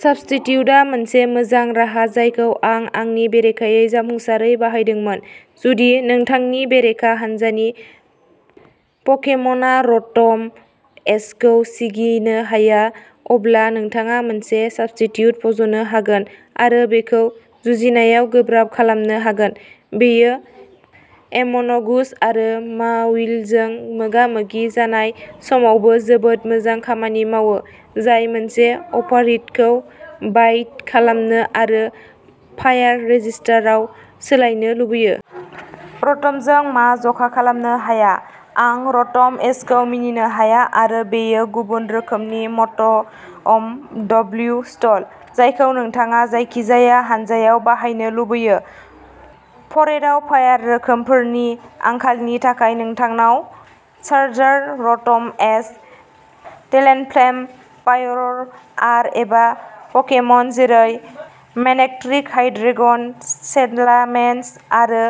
साबस्टिट्युटआ मोनसे मोजां राहा जायखौ आं आंनि बेरेखायै जाफुंसारै बाहायदोंमोन, जुदि नोंथांनि बेरेखा हान्जानि पकेमनआ र'ट'म एचखौ सिगिनो हाया, अब्ला नोंथाङा मोनसे साबस्टिट्युट फज'नो हागोन आरो बेखौ जुजिनायाव गोब्राब खालामनो हागोन। बेयो एम'नगुस आरो माविलजों मोगा-मोगि जानाय समावबो जोबोद मोजां खामानि मावो, जाय मोनसे अभारहिटखौ बाइट खालामनो आरो फायार रेजिस्टाराव सोलायनो लुबैयो। र'ट'मजों मा ज'खालामनो हाया? आं र'ट'म एचखौ मिनिनो हाया आरो बेयो गुबुन रोखोमनि म'ट'अम डब्ल्यू स्टल, जायखौ नोंथाङा जायखिजाया हानजायाव बाहायनो लुबैयो। फ'रेटआव फायार रोखोमफोरनि आंखालनि थाखाय नोंथांनाव Charizard, Rotom H, Talonflame, Pyroar एबा पकेमन जेरै मेनेक्ट्रिक, हाइड्रेगन, सेलामेन्स आरो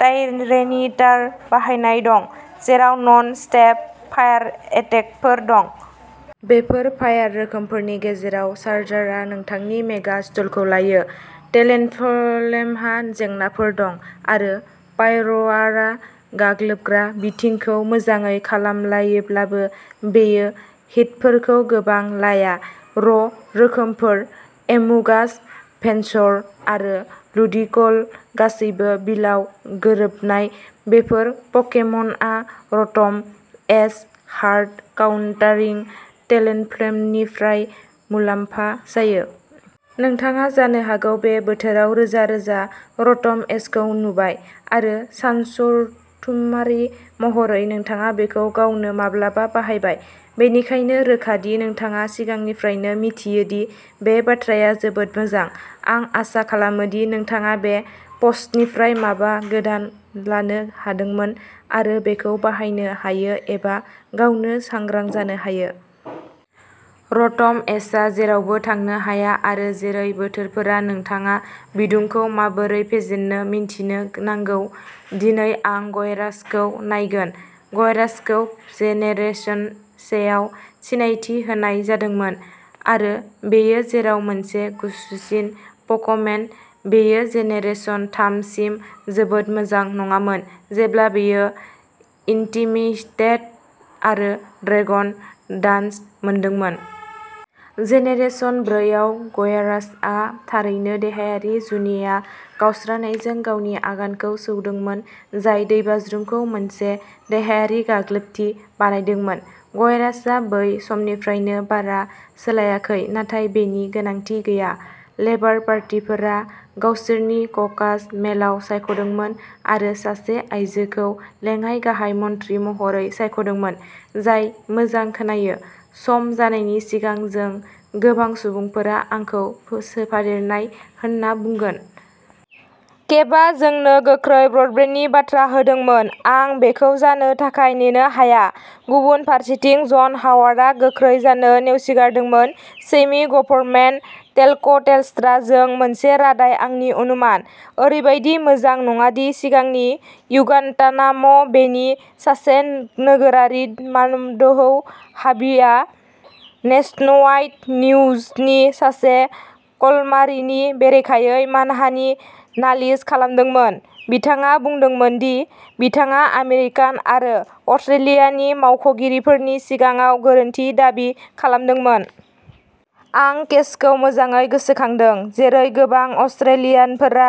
टायरेनिटार बाहायनाय दं, जेराव नन स्टेब फायार एटेकफोर दं। बेफोर फायार रोखोमफोरनि गेजेराव चारजार्डआ नोंथांनि मेगा स्लटखौ लायो, टेलनफलेमहा जेंनाफोर दं आरो पायर'आरआ गाग्लोबग्रा बिथिंखौ मोजाङै खालामलायोब्लाबो बेयो हिटफोरखौ गोबां लाया। र' रोखोमफोर। एमुगास, भेनस'र आरो लुडिक'ल गासैबो बिलआव गोरोबनाय। बेफोर पकेमनआ र'ट'म एच हार्ड काउन्टारिं टेलनफ्लेमनिफ्राय मुलाम्फा जायो। नोंथाङा जानो हागौ बे बोथोराव रोजा-रोजा र'ट'म एचखौ नुबाय, आरो सानसरथुमारि महरै नोंथाङा बेखौ गावनो माब्लाबा बाहायबाय। बेनिखायनो रोखा दि नोंथाङा सिगांनिफ्रायनो मिथियो दि बे बाथ्राया जोबोद मोजां। आं आसा खालामो दि नोंथाङा बे पस्टनिफ्राय माबा गोदान लानो हादोंमोन आरो बेखौ बाहायनो हायो एबा गावनो सांग्रां जानो हायो। र'ट'म एचआ जेरावबो थांनो हाया आरो जेरै बोथोरफोरा नोंथाङा बिदुंखौ माबोरै फेजेननो मिन्थिनो नांगौ दिनै आं ग्यारा'सखौ नायगोन। ग्यारा'सखौ जेनेरेशन से आव सिनायथि होनाय जादोंमोन, आरो बेयो जेराव मोनसे गुसुसिन प'कमेन, बेयो जेनेरेशन थाम सिम जोबोद मोजां नङामोन जेब्ला बेयो इन्टिमिस्डेट आरो ड्रेगन डान्स मोनदोंमोन। जेनेरेशन ब्रै आव ग्यारा'सआ थारैनो देहायारि जुनिया गावस्रानायजों गावनि आगानखौ सौदोंमोन, जाय दैबाज्रुमखौ मोनसे देहायारि गाग्लोबथि बानायदोंमोन। ग्याराड'सआ बै समनिफ्रायनो बारा सोलायाखै, नाथाय बेनि गोनांथि गैया। लेबार पार्टीफोरा गावसोरनि ककास मेलाव सायख'दोंमोन आरो सासे आयजोखौ लेङाइ गाहाय मन्थ्रि महरै सायख'दोंमोन, जाय मोजां खोनायो, सम जानायनि सिगां जों गोबां सुबुंफोरा आंखौ सोफादेरनाय होनना बुंगोन। केभआ जोंनो गोख्रै ब्रडबेन्डनि बाथ्रा होदोंमोन, आं बेखौ जानो थाखाय नेनो हाया, गुबुन फारसेथिं जन हावार्डआ गोख्रै जानो नेवसिगारदोंमोन सेमि गभर्नमेन्ट टेलक'टेलस्ट्रा जों मोनसे रादाया आंनि अनुमान। ओरैबायदि मोजां नङा दि सिगांनि गुयानतानाम' बे नि सासे नोगोरारि मामदोहौ हाबिआ नेशनवाइड निउजनि सासे कलमारिनि बेरेखायै मानहानि नालिस खालामदोंमोन, बिथाङा बुंदोंमोन दि बिथाङा आमेरिकान आरो अस्ट्रेलियानि मावख'गिरिफोरनि सिगाङाव गोरोन्थि दाबि खालामदोंमोन। आं केसखौ मोजाङै गोसोखांदों, जेरै गोबां अस्ट्रेलियानफोरा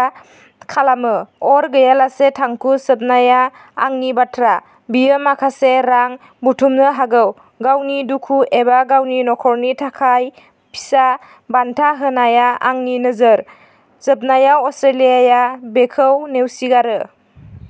खालामो। अर गैयालासे थांखु सोबनाया आंनि बाथ्रा, बियो माखासे रां बुथुमनो हागौ, गावनि दुखु एबा गावनि नखरनि थाखाय फिसा बान्था होनाया आंनि नोजोर। जोबनायाव अस्ट्रेलियाया बेखौ नेवसिगारो।